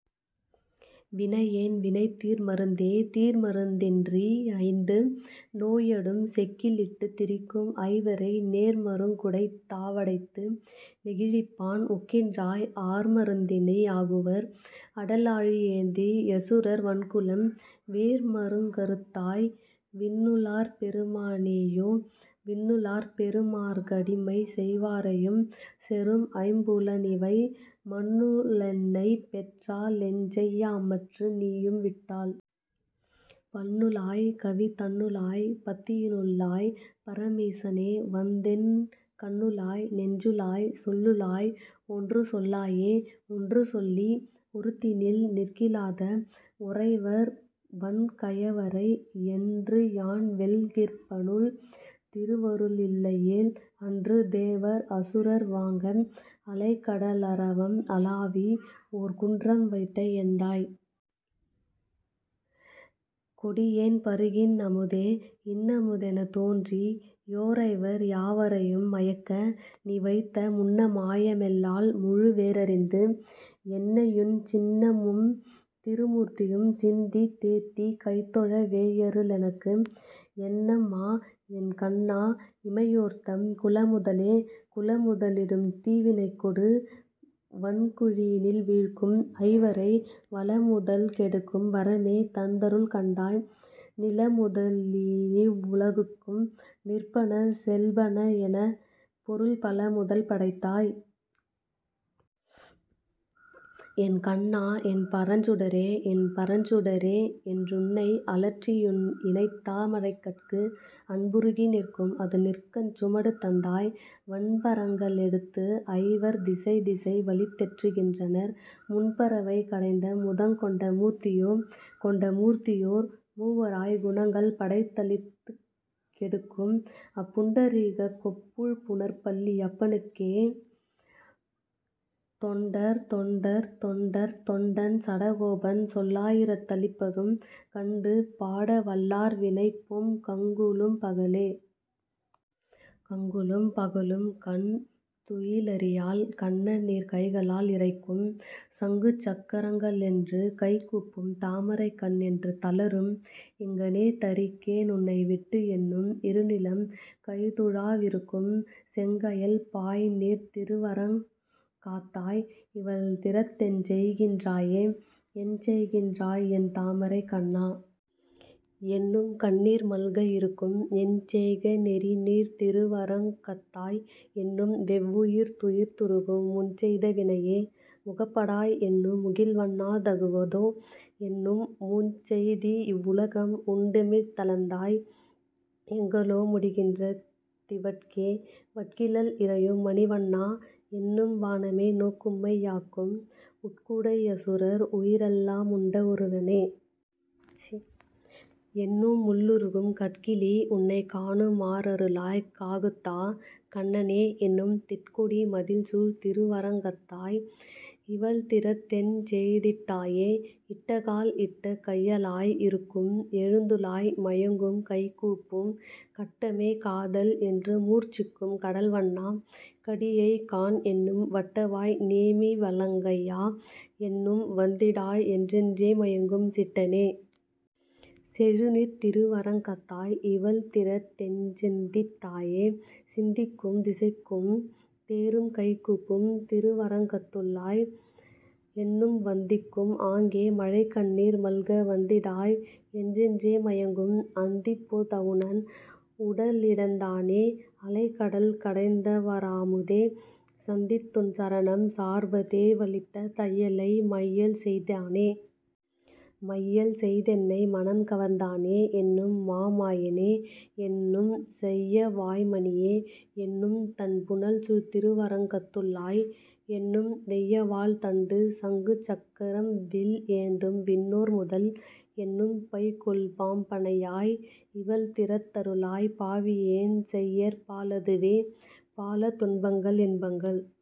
வினையேன் வினைதீர் மருந்தே..। தீர்மருந் தின்றி யைந்து நோயடும் செக்கி லிட்டுத் திரிக்கும் ஐவரை, நேர்ம ருங்குடைத் தாவடைத்து நெகிழிப்பான் ஒக்கின்றாய், ஆர்ம ருந்தினி யாகுவர்? அடலாழி யேந்தி யசுரர் வன்குலம், வேர்ம ருங்கறுத் தாய். விண்ணு ளார்பெரு மானேயோ.. விண்ணு ளார்பெரு மாற்க டிமைசெய் வாரை யும்செறும் ஐம்பு லனிவை, மண்ணு ளென்னைப் பெற்றா லெஞ்செய் யாமற்று நீயும்விட்டால்? பண்ணு ளாய். கவி தன்னு ளாய். பத்தியினுள் ளாய். பர மீசனே, வந்தென் கண்ணுளாய். நெஞ்சுளாய். சொல்லுளாய். ஒன்று சொல்லாயே.. ஒன்று சொல்லி ஒருத்தினில் நிற்கிலாத ஒரைவர் வன்கயவரை, என்று யான்வெல் கிற்பனுன் திருவரு ளில்லையேல்?, அன்று தேவர் அசுரர் வாங்க அலைகட லரவம் அளாவி, ஓர் குன்றம் வைத்த எந்தாய். கொடியேன் பருகின் னமுதே.. இன்ன முதெனத் தோன்றி யோரைவர் யாவரையும் மயக்க, நீவைத்த முன்ன மாயமெல் லால்முழு வேரரிந்து, என்னையுன் சின்ன மும்திரு மூர்த்தியும் சிந்தித் தேத்திக் கைதொழ வேயரு ளெனக்கு, என்னம் மா. என் கண்ணா. இமையோர்தம் குலமுதலே.. குலமுத லிடும்தீ வினைக்கொடு வன்குழியினில் வீழ்க்கும் ஐவரை வலமுதல் கெடுக்கும் வரமே தந்தருள் கண்டாய், நிலமுத லினீவ் வுலகுக்கும் நிற்பன செல்வன என, பொருள் பலமுதல் படைத்தாய். என் கண்ணா. என் பரஞ்சுடரே.. என்பரஞ் சுடரே. என்றுன்னை அலற்றியுன் இணைத்தா மரைகட்கு, அன்புருகி நிற்கும் அதுநிற்கச் சுமடு தந்தாய், வன்பரங்க ளெடுத்துஐவர் திசைதிசை வலித்தெற்று கின்றனர் முன்பரவை கடைந்தமுதங் கொண்ட மூர்த்தியோ. கொண்ட மூர்த்தியோர் மூவராய்க் குணங்கள் படைத்தளித் துக்கெடுக் கும், அப் புண்ட ரீகப்கொப் பூழ்ப்புனற் பள்ளி யப்பனுக்கே, தொண்டர் தொண்டர் தொண்டர் தொண்டன் சடகோபன் சொல்லா யிரத்து ளிப்பத்தும், கண்டு பாடவல் லார்வினை போம்கங்கு லும்பகலே. கங்குலும் பகலும் கண் துயி லறியாள் கண்ணநீர் கைகளால் இறைக்கும், சங்குசக் கரங்க ளென்றுகை கூப்பும் தாமரைக் கண் என்று தளரும், எங்ஙனே தரிக்கே னுன்னைவிட்டு என்னும் இருநிலம் கைதுழா விருக்கும், செங்கயல் பாய்நீர்த் திருவரங் கத்தாய். இவள்திறத் தெஞ்செய்கின் றாயே?. எஞ்செய்கின் றாயென் தாமரைக் கண்ணா. என்னும்கண் ணீர்மல்க இருக்கும், எஞ்செய்கே னெறிநீர்த் திருவரங் கத்தாய்? என்னும்வெவ் வுயிர்த்துயிர்த் துருகும் முன்செய்த வினையே. முகப்படாய் என்னும் முகில்வண்ணா. தகுவதோ? என்னும், முஞ்செய்திவ் வுலகம் உண்டுமிழந் தளந்தாய். எங்கொலோ முடிகின்ற திவட்கே?. வட்கிலள் இறையும் மணிவண்ணா. என்னும் வானமே நோக்கும்மை யாக்கும், உட்குடை யசுரர் உயிரெல்லா முண்ட ஒருவனே. என்னுமுள் ளுருகும், கட்கிலீ. உன்னைக் காணுமா றருளாய் காகுத்தா. கண்ணனே. என்னும், திட்கொடி மதிள்சூழ் திருவரங்கத்தாய். இவள்திறத் தென்செய்திட் டாயே?. இட்டகால் இட்ட கையளாய் இருக்கும் எழுந்துலாய் மயங்கும்கை கூப்பும், கட்டமே காதல். என்றுமூர்ச் சிக்கும் கடல்வண்ணா. கடியைகாண் என்னும், வட்டவாய் நேமி வலங்கையா. என்னும் வந்திடாய் என்றென்றே மயங்கும், சிட்டனே. செழுநீர்த் திருவரங் கத்தாய். இவள்திறத் தெஞ்சிந்தித் தாயே?. சிந்திக்கும் திசைக்கும் தேறும்கை கூப்பும் திருவரங் கத்துள்ளாய். என்னும் வந்திக்கும், ஆங்கே மழைக்கண்ணீர் மல்க வந்திடாய் என்றென்றே மயங்கும், அந்திப்போ தவுணன் உடலிடந் தானே. அலைகடல் கடைந்தவா ரமுதே, சந்தித்துன் சரணம் சார்வதே வலித்த தையலை மையல்செய் தானே.. மையல்செய் தென்னை மனம்கவர்ந் தானே. என்னும் மா மாயனே. என்னும், செய்யவாய் மணியே. என்னும் தண் புனல்சூழ் திருவரங் கத்துள்ளாய். என்னும், வெய்யவாள் தண்டு சங்குசக் கரம்வில் ஏந்தும்விண் ணோர்முதல். என்னும், பைகொள்பாம் பணையாய். இவள்திறத் தருளாய் பாவியேன் செய்யற்பா லதுவே.. பாலதுன் பங்கள் இன்பங்கள்